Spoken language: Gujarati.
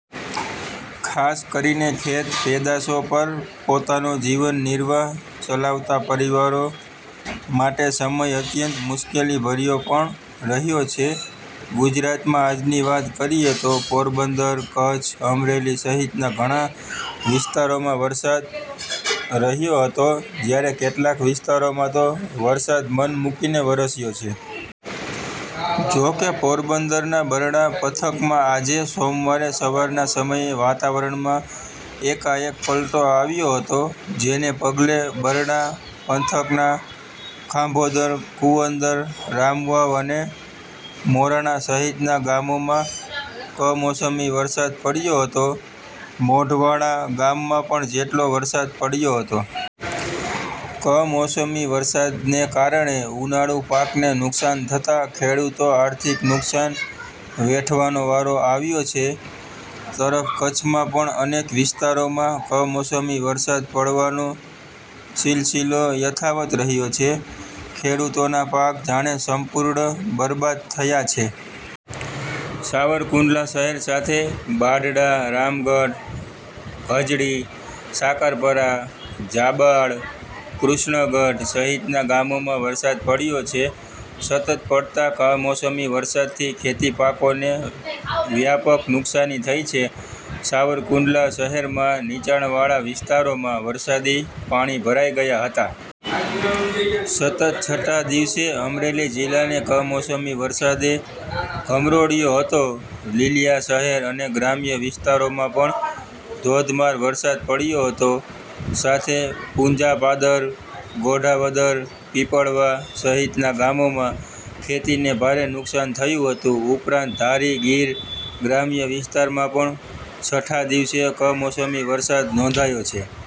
ખાસ કરીને ખેત પેદાસો પર પોતાનો જીવન નિર્વાહ ચલાવતા પરિવારો માટેસમય અત્યંત મુશ્કેલી ભર્યો પણ રહ્યો છે. ગુજરાતમાં આજની વાત કરીએ તો, પોરબંદર, કચ્છ, અમરેલી સહિતના ઘણા વિસ્તારોમાં વરસાદ રહ્યો હતો. જ્યારે કેટલાક વિસ્તારોમાં તો વરસાદ મન મુકીને વરસ્યો છે. જોકે પોરબંદરના બરડા પંથકમાં આજે સોમવારે સવારના સમયે વાતાવરણમાં એકાએક પલટો આવ્યો હતો. જેને પગલે બરડા પંથકના ખાંભોદર કુંવદર રામવાવ અને મોરાણા સહિતના ગામોમાં કમોસમી વરસાદ પડ્યો હતો. મોઢવાડા ગામમાં પણ જેટલો વરસાદ પડ્યો હતો. કમોસમી વરસાદને કારણે ઉનાળુ પાકને નુકસાન થતાં ખેડૂતોને આર્થિક નુકસાન વેઠવાનો વારો આવ્યો છે. તરફ કચ્છમાં પણ અનેક વિસ્તારોમાં કમોસમી વરસાદ પડવાનો સીલસીલો યથાવત રહ્યો છે. ખેડૂતોના પાક જાણે સંપૂર્ણ બરબાદ થયા છે. સાવરકુંડલા શહેર સાથે બાઢડા, રામગઢ, ધજડી, સાકરપરા, જાબાળ, કૃષ્ણ ગઢ સહિતના ગામોમાં વરસાદ પડ્યો છે. સતત પડતા કમોસમી વરસાદથી ખેતીપાકોને વ્યાપક નુકશાની થઈ છે. સાવરકુંડલા શહેરમાં નીચાણ વાળા વિસ્તારોમાં વરસાદી પાણી ભરાઈ ગયા હતા. સતત છઠ્ઠા દિવસે અમરેલી જિલ્લાને કમોસમી વરસાદે ધમરોળ્યો હતો. લીલીયા શહેર અને ગ્રામ્ય વિસ્તારોમાં પણ ધોધમાર વરસાદ પડ્યો હતો. સાથેપુંજાપાદર, ગોઢાવદર, પીપળવા, સહિતના ગામોમાં ખેતીને ભારે નુકસાન થયું હતું. ઉપરાંત ધારી ગીર ગ્રામ્ય વિસ્તારમાં પણ છઠ્ઠા દિવસે કમોસમી વરસાદ નોંધાયો છે.